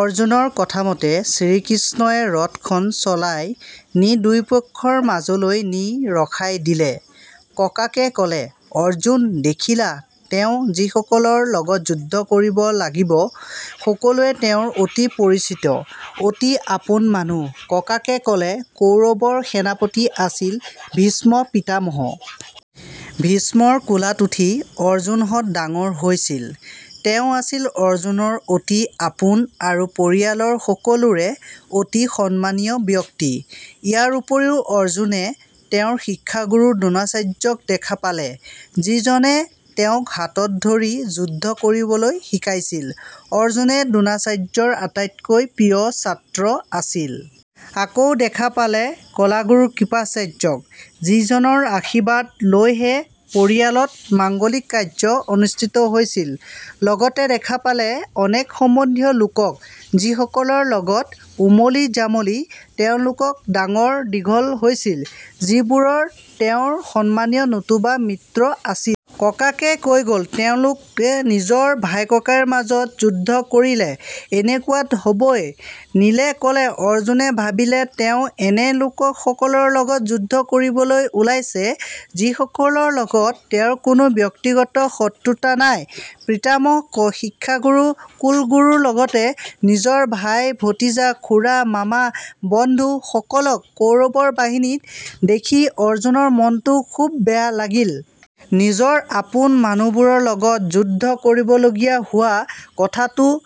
অৰ্জুনৰ কথামতে শ্ৰীকৃষ্ণই ৰথখন চলাই নি দুয়োপক্ষৰ মাজলৈ নি ৰখাই দিলে"। ককাকে ক'লে। "অৰ্জুনে দেখিলে তেওঁ যিসকলৰ লগত যুদ্ধ কৰিব লাগিব, সকলোৱে তেওঁৰ অতি পৰিচিত, অতি আপোন মানুহ"। ককাকে ক'লে। "কৌৰৱৰ সেনাপতি আছিল ভীষ্ম পিতামহ। ভীষ্মৰ কোলাত উঠি অৰ্জুনহঁত ডাঙৰ হৈছিল। তেওঁ আছিল অৰ্জুনৰ অতি আপোন আৰু পৰিয়ালৰ সকলোৰে অতি সন্মানীয় ব্যক্তি। ইয়াৰ উপৰিও অৰ্জুনে তেওঁৰ শিক্ষাগুৰু দ্ৰোণাচাৰ্যক দেখা পালে, যিজনে তেওঁক হাতত ধৰি যুদ্ধ কৰিবলৈ শিকাইছিল। অৰ্জুন দ্ৰোণাচাৰ্যৰ আটাইতকৈ প্ৰিয় ছাত্ৰ আছিল। আকৌ দেখা পালে কুলগুৰু কৃপাচাৰ্যক, যিজনৰ আশীৰ্বাদ লৈহে পৰিয়ালত মাংগলিক কাৰ্য অনুস্থিত হৈছিল। লগতে দেখা পালে অনেক সম্বন্ধীয় লোকক যিসকলৰ লগত ওমলি জামলি তেওঁলোক ডাঙৰ দীঘল হৈছিল, যিবোৰ তেওঁৰ সন্মানীয় নতুবা মিত্ৰ আছিল"। ককাকে কৈ গ'ল। "তেওঁলোকে নিজৰ ভাই ককাইৰ মাজত যুদ্ধ কৰিলে এনেকুৱাতো হ'বই", নীলে ক'লে। "অৰ্জুনে ভাবিলে তেওঁ এনে লোক সকলৰ লগত যুদ্ধ কৰিবলৈ ওলাইছে, যিসকলৰ লগত তেওঁৰ কোনো ব্যক্তিগত শত্ৰুতা নাই। পিতামহ, শিক্ষাগুৰু, কুলগুৰুৰ লগতে নিজৰ ভাই, ভতিজা, খুৰা, মামা, বন্ধু সকলক কৌৰৱ বাহিনীত দেখি অৰ্জুনৰ মনটো খুব বেয়া লাগিল। নিজৰ আপোন মানুহবোৰৰ লগত যুদ্ধ কৰিবলগীয়া হোৱা কথাটোৱে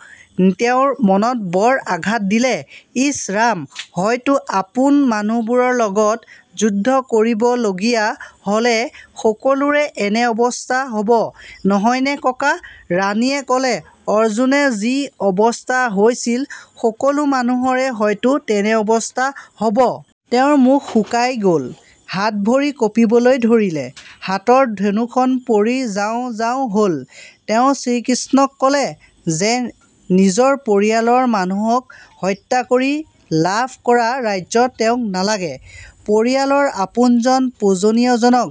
তেওঁৰ মনত বৰ আঘাত দিলে"। "ইছ ৰাম। হয়তো। আপোন মানুহ বোৰৰ লগত যুদ্ধ কৰিব লগীয়া হ'লে সকলোৰে এনে অৱস্থাই হ'ব, নহয়নে ককা"। ৰাণীয়ে ক'লে। "অৰ্জুনৰ যি অৱস্থা হৈছিল, সকলো মানুহৰে হয়তো তেনে অৱস্থাই হ'ব। তেওঁৰ মুখ শুকাই গ'ল, হাত ভৰি কঁপিবলৈ ধৰিলে, হাতৰ ধনুখন পৰি যাওঁ যাওঁ হ'ল। তেওঁ শ্ৰীকৃষ্ণক ক'লে যে নিজৰ পৰিয়ালৰ মানুহক হত্যা কৰি লাভ কৰা ৰাজ্য তেওঁক নালাগে। পৰিয়ালৰ আপোনজন, পূজনীয় জনক,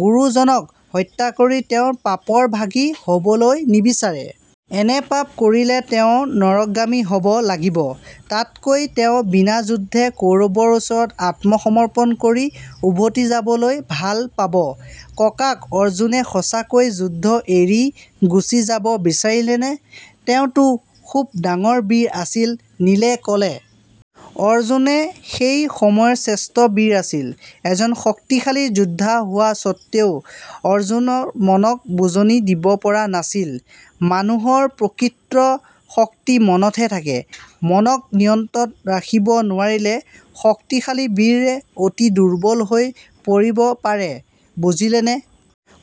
গুৰুজনক হত্যা কৰি তেওঁ পাপৰ ভাগী হ'বলৈ নিবিচাৰে। এনে পাপ কৰিলে তেওঁ নৰকগামী হ'ব লাগিব। তাতকৈ তেওঁ বিনাযুদ্ধে কৌৰৱৰ ওচৰত আত্মসমৰ্পন কৰি উভতি যাবলৈ ভাল পাব"। "ককা, অৰ্জুনে সঁচাকৈয়ে যুদ্ধ এৰি গুচি যাব বিচাৰিছিলনে? তেওঁতো খুব ডাঙৰ বীৰ আছিল"। নীলে ক'লে। "অৰ্জুন সেই সময়ৰ শ্ৰেষ্ঠ বীৰ আছিল। এজন শক্তিশালী যোদ্ধা হোৱা সত্বেও অৰ্জুনে মনক বুজনি দিব পৰা নাছিল। মানুহৰ প্ৰকৃত শক্তি মনতহে থাকে। মনক নিয়ন্ত্ৰণত ৰাখিব নোৱাৰিলে শক্তিশালী বীৰো অতি দুৰ্বল হৈ পৰিব পাৰে, বুজিলিনে"?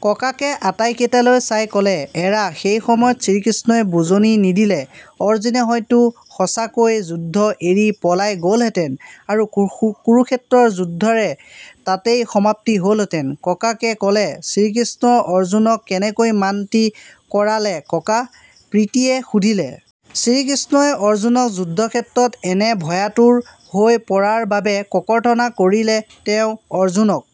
ককাকে আটাইকেইটিলৈ চাই ক'লে। "এৰা সেই সময়ত শ্ৰীকৃষ্ণই বুজনি নিদিলে অৰ্জুনে হয়তো সঁচাকৈয়ে যুদ্ধ এৰি পলাই গ'লহেঁতেন আৰু কুৰুক্ষেত্ৰৰ যুদ্ধৰো তাতেই সমাপ্তি হ'লহেঁতেন"। ককাকে ক'লে। "শ্ৰীকৃষ্ণই অৰ্জুনক কেনেকৈ মান্তি কৰালে ককা"? প্ৰীতিয়ে সুধিলে। "শ্ৰীকৃষ্ণই অৰ্জুনক যুদ্ধক্ষেত্ৰত এনে ভয়াতুৰ হৈ পৰাৰ বাবে ককৰ্থনা কৰিলে। তেওঁ অৰ্জুনক